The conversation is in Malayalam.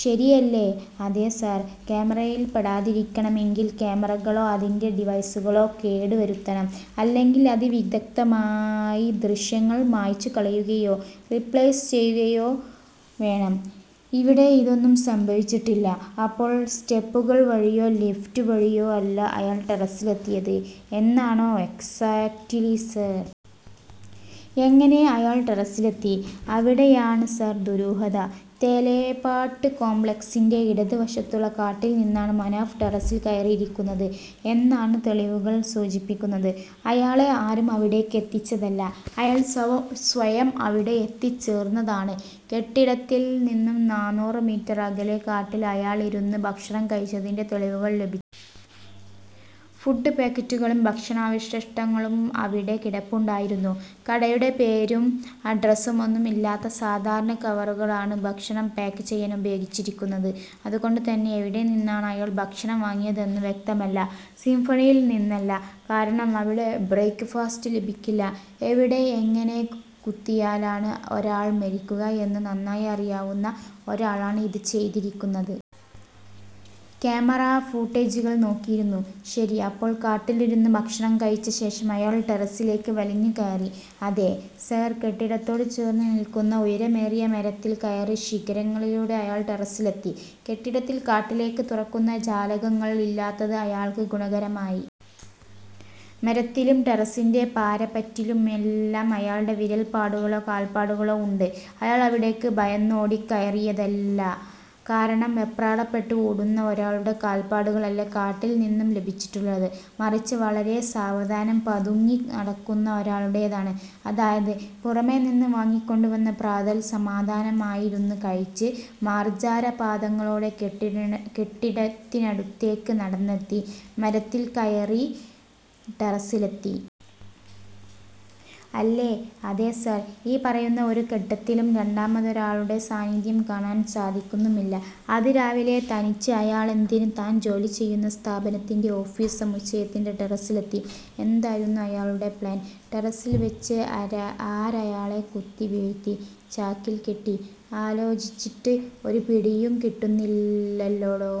ശരിയല്ലേ? " "അതെ സർ. ക്യാമറയിൽ പെടാതിരിക്കണമെങ്കിൽ ക്യാമറകളോ അതിന്റെ ഡിവൈസുകളോ കേടു വരുത്തണം. അല്ലെങ്കിൽ അതിവിദഗ്ധമായി ദൃശ്യങ്ങൾ മായ്ച്ചു കളയുകയോ, റീപ്ലേസ് ചെയ്യുകയോ വേണം. ഇവിടെ ഇതൊന്നും സംഭവിച്ചിട്ടില്ല. " "അപ്പോൾ സ്റ്റെപ്പുകൾ വഴിയോ ലിഫ്റ്റ് വഴിയോ അല്ല അയാൾ ടെറസിലെത്തിയത് എന്നാണോ...? " "എക്സാക്റ്റ്ലി സർ...! " "എങ്ങനെ അയാൾ ടെറസിലെത്തി? " "അവിടെയാണ് സർ ദുരൂഹത. 'തേലേപ്പാട്ട് കോംപ്ലക്സി'ന്റെ ഇടത് വശത്തുള്ള കാട്ടിൽ നിന്നാണ് മനാഫ് ടെറസിൽ കയറിയിരിക്കുന്നത് എന്നാണ് തെളിവുകൾ സൂചിപ്പിക്കുന്നത്. അയാളെ ആരും അവിടേക്കെത്തിച്ചതല്ല. അയാൾ സ്വയം അവിടെ എത്തിച്ചേർന്നതാണ്. കെട്ടിടത്തിൽ നിന്നും നാനൂറ് മീറ്റർ അകലെ കാട്ടിൽ അയാളിരുന്ന് ഭക്ഷണം കഴിച്ചതിന്റെ തെളിവുകൾ ലഭി ഫുഡ് പാക്കറ്റുകളും, ഭക്ഷണാവശിഷ്ടങ്ങളും അവിടെ കിടപ്പുണ്ടായിരുന്നു. കടയുടെ പേരും അഡ്രസുമൊന്നുമില്ലാത്ത സാധാരണ കവറുകളാണ് ഭക്ഷണം പാക്ക് ചെയ്യാൻ ഉപയോഗിച്ചിരിക്കുന്നത്. അതുകൊണ്ടു തന്നെ എവിടെ നിന്നാണയാൾ ഭക്ഷണം വാങ്ങിയതെന്ന് വ്യക്തമല്ല. സിംഫണിയിൽ നിന്നല്ല. കാരണം അവിടെ ബ്രേക്ക് ഫാസ്റ്റ് ലഭിക്കില്ല. " 'എവിടെ, എങ്ങനെ കുത്തിയാലാണ് ഒരാൾ മരിക്കുക എന്ന് നന്നായറിയാവുന്ന ഒരാളാണ് ഇത് ചെയ്തിരിക്കുന്നത്... ക്യാമറാ ഫൂട്ടേജുകൾ നോക്കിയിരുന്നു. " "ശരി. അപ്പോൾ കാട്ടിലിരുന്ന് ഭക്ഷണം കഴിച്ച ശേഷം അയാൾ ടെറസിലേക്ക് വലിഞ്ഞു കയറി. " "അതെ സർ. കെട്ടിടത്തോട് ചേർന്ന് നിൽക്കുന്ന ഉയരമേറിയ മരത്തിൽ കയറി ശിഖരങ്ങളിലൂടെ അയാൾ ടെറസിലെത്തി. കെട്ടിടത്തിൽ കാട്ടിലേക്ക് തുറക്കുന്ന ജാലകങ്ങൾ ഇല്ലാത്തത് അയാൾക്ക് ഗുണകരമായി. മരത്തിലും ടെറസിന്റെ പാരപ്പറ്റിലുമെല്ലാം അയാളുടെ വിരൽപ്പാടുകളോ കാൽപ്പാടുകളോ ഉണ്ട്. അയാൾ അവിടേക്ക് ഭയന്നോടിക്കയറിയതല്ല. കാരണം വെപ്രാളപ്പെട്ട് ഓടുന്ന ഒരാളുടെ കാൽപ്പാടുകളല്ല കാട്ടിൽ നിന്നും ലഭിച്ചിട്ടുള്ളത്. മറിച്ച് വളരെ സാവധാനം പതുങ്ങി നടക്കുന്ന ഒരാളുടേതാണ്. " "അതായത് പുറമേ നിന്ന് വാങ്ങിക്കൊണ്ട് വന്ന പ്രാതൽ സമാധാനമായിരുന്ന് കഴിച്ച്, മാർജാര പാദങ്ങളോടെ കെട്ടിടത്തിനടുത്തേക്ക് നടന്നെത്തി, മരത്തിൽ കയറി ടെറസിലെത്തി. അല്ലേ? " "അതെ സർ. ഈ പറയുന്ന ഒരു ഘട്ടത്തിലും രണ്ടാമതൊരാളുടെ സാന്നിധ്യം കാണാൻ സാധിക്കുന്നുമില്ല. " "അതിരാവിലെ, തനിച്ച് അയാളെന്തിന് താൻ ജോലി ചെയ്യുന്ന സ്ഥാപനത്തിന്റെ ഓഫീസ് സമുച്ചയത്തിന്റെ ടെറസിലെത്തി? എന്തായിരുന്നു അയാളുടെ പ്ലാൻ? ടെറസിൽ വെച്ച് ആരയാളെ കുത്തി വീഴ്ത്തി? ചാക്കിൽക്കെട്ടി? ആലോചിച്ചിട്ട് ഒരു പിടിയും കിട്ടുന്നില്ലല്ലോടോ...